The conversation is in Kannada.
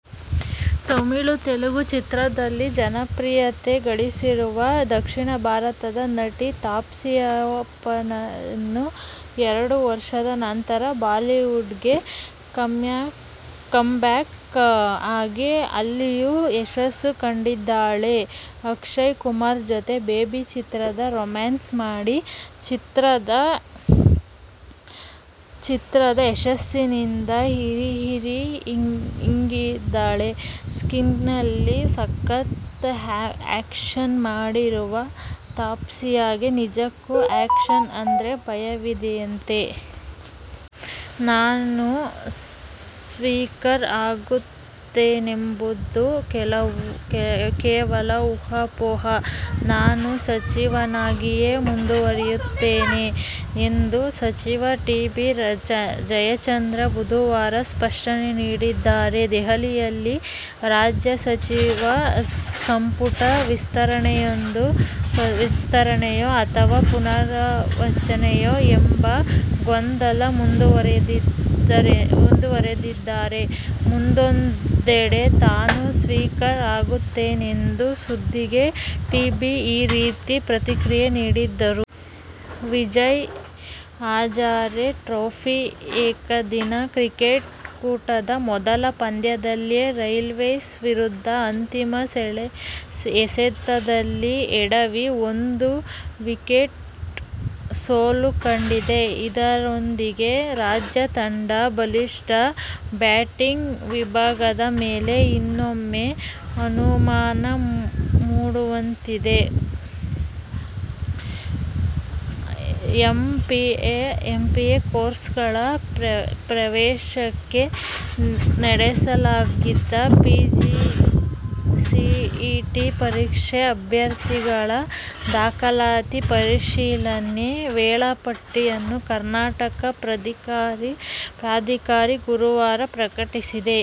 ತಮಿಳು, ತೆಲುಗು ಚಿತ್ರಗಳಲ್ಲಿ ಜನಪ್ರೀಯತೆ ಗಳಿಸಿರುವ ದಕ್ಷಿಣ ಭಾರತದ ನಟಿ ತಾಪ್ಸಿ ಪನ್ನು ಎರಡು ವರ್ಷದ ನಂತರ ಬಾಲಿವುಡ್ಗೆ ಕಮ್ಬ್ಯಾಕ್ ಆಗಿ ಅಲ್ಲಿಯೂ ಯಶಸ್ಸು ಕಂಡಿದ್ದಾಳೆ. ಅಕ್ಷಯ್ ಕುಮಾರ್ ಜತೆ "ಬೇಬಿ' ಚಿತ್ರದಲ್ಲಿ ರೊಮ್ಯಾನ್ಸ್ ಮಾಡಿ, ಚಿತ್ರದ ಯಶಸ್ಸಿನಿಂದ ಹಿರಿ ಹಿರಿ ಹಿಗ್ಗಿದ್ದಾಳೆ. ಸ್ಕ್ರೀನ್ನಲ್ಲಿ ಸಖತ್ ಆ್ಯಕ್ಷನ್ ಮಾಡಿರುವ ತಾಪ್ಸಿಗೆ ನಿಜಕ್ಕೂ ಆ್ಯಕ್ಷನ್ ಅಂದ್ರೆ ಭಯವಿದೆಯಂತೆ. ನಾನು ಸ್ಪೀಕರ್ ಆಗುತ್ತೇನೆಂಬುದು ಕೇವಲ ಊಹಾಪೋಹ. ನಾನು ಸಚಿವನಾಗಿಯೇ ಮುಂದುವರಿಯುತ್ತೇನೆ ಎಂದು ಸಚಿವ ಟಿಬಿ ಜಯಚಂದ್ರ ಬುಧವಾರ ಸ್ಪಷ್ಟನೆ ನೀಡಿದ್ದಾರೆ. ದೆಹಲಿಯಲ್ಲಿ ರಾಜ್ಯ ಸಚಿವ ಸಂಪುಟ ವಿಸ್ತರಣೆಯೋ ಅಥವಾ ಪುನಾರಚನೆಯೋ ಎಂಬ ಗೊಂದಲ ಮುಂದುವರಿದಿದ್ದರೆ, ಮತ್ತೊಂದೆಡೆ ತಾನು ಸ್ಪೀಕರ್ ಆಗುತ್ತೇನೆಂಬ ಸುದ್ದಿಗೆ ಟಿಬಿ ಈ ರೀತಿ ಪ್ರತಿಕ್ರಿಯೆ ನೀಡಿದ್ದಾರೆ. ವಿಜಯ್ ಹಜಾರೆ ಟ್ರೋಫಿ ಏಕದಿನ ಕ್ರಿಕೆಟ್ ಕೂಟದ ಮೊದಲ ಪಂದ್ಯದಲ್ಲೇ ರೈಲ್ವೇಸ್ ವಿರುದ್ಧ ಅಂತಿಮ ಎಸೆತದಲ್ಲಿ ಎಡವಿ, ಒಂದು ವಿಕೆಟ್ ಸೋಲು ಕಂಡಿದೆ. ಇದರೊಂದಿಗೆ ರಾಜ್ಯ ತಂಡದ ಬಲಿಷ್ಠ ಬ್ಯಾಟಿಂಗ್ ವಿಭಾಗದ ಮೇಲೆ ಇನ್ನೊಮ್ಮೆ ಅನುಮಾನ ಮೂಡುವಂತಾಗಿದೆ. ಎಂಬಿಎ, ಎಂಸಿಎ ಕೋರ್ಸುಗಳ ಪ್ರವೇಶಕ್ಕೆ ನಡೆಸಲಾಗಿದ್ದ ಪಿಜಿಸಿಇಟಿ ಪರೀಕ್ಷಾ ಅಭ್ಯರ್ಥಿಗಳ ದಾಖಲಾತಿ ಪರಿಶೀಲನೆ ವೇಳಾಪಟ್ಟಿಯನ್ನು ಕರ್ನಾಟಕ ಪ್ರಾಧಿಕಾರ ಗುರುವಾರ ಪ್ರಕಟಿಸಿದೆ.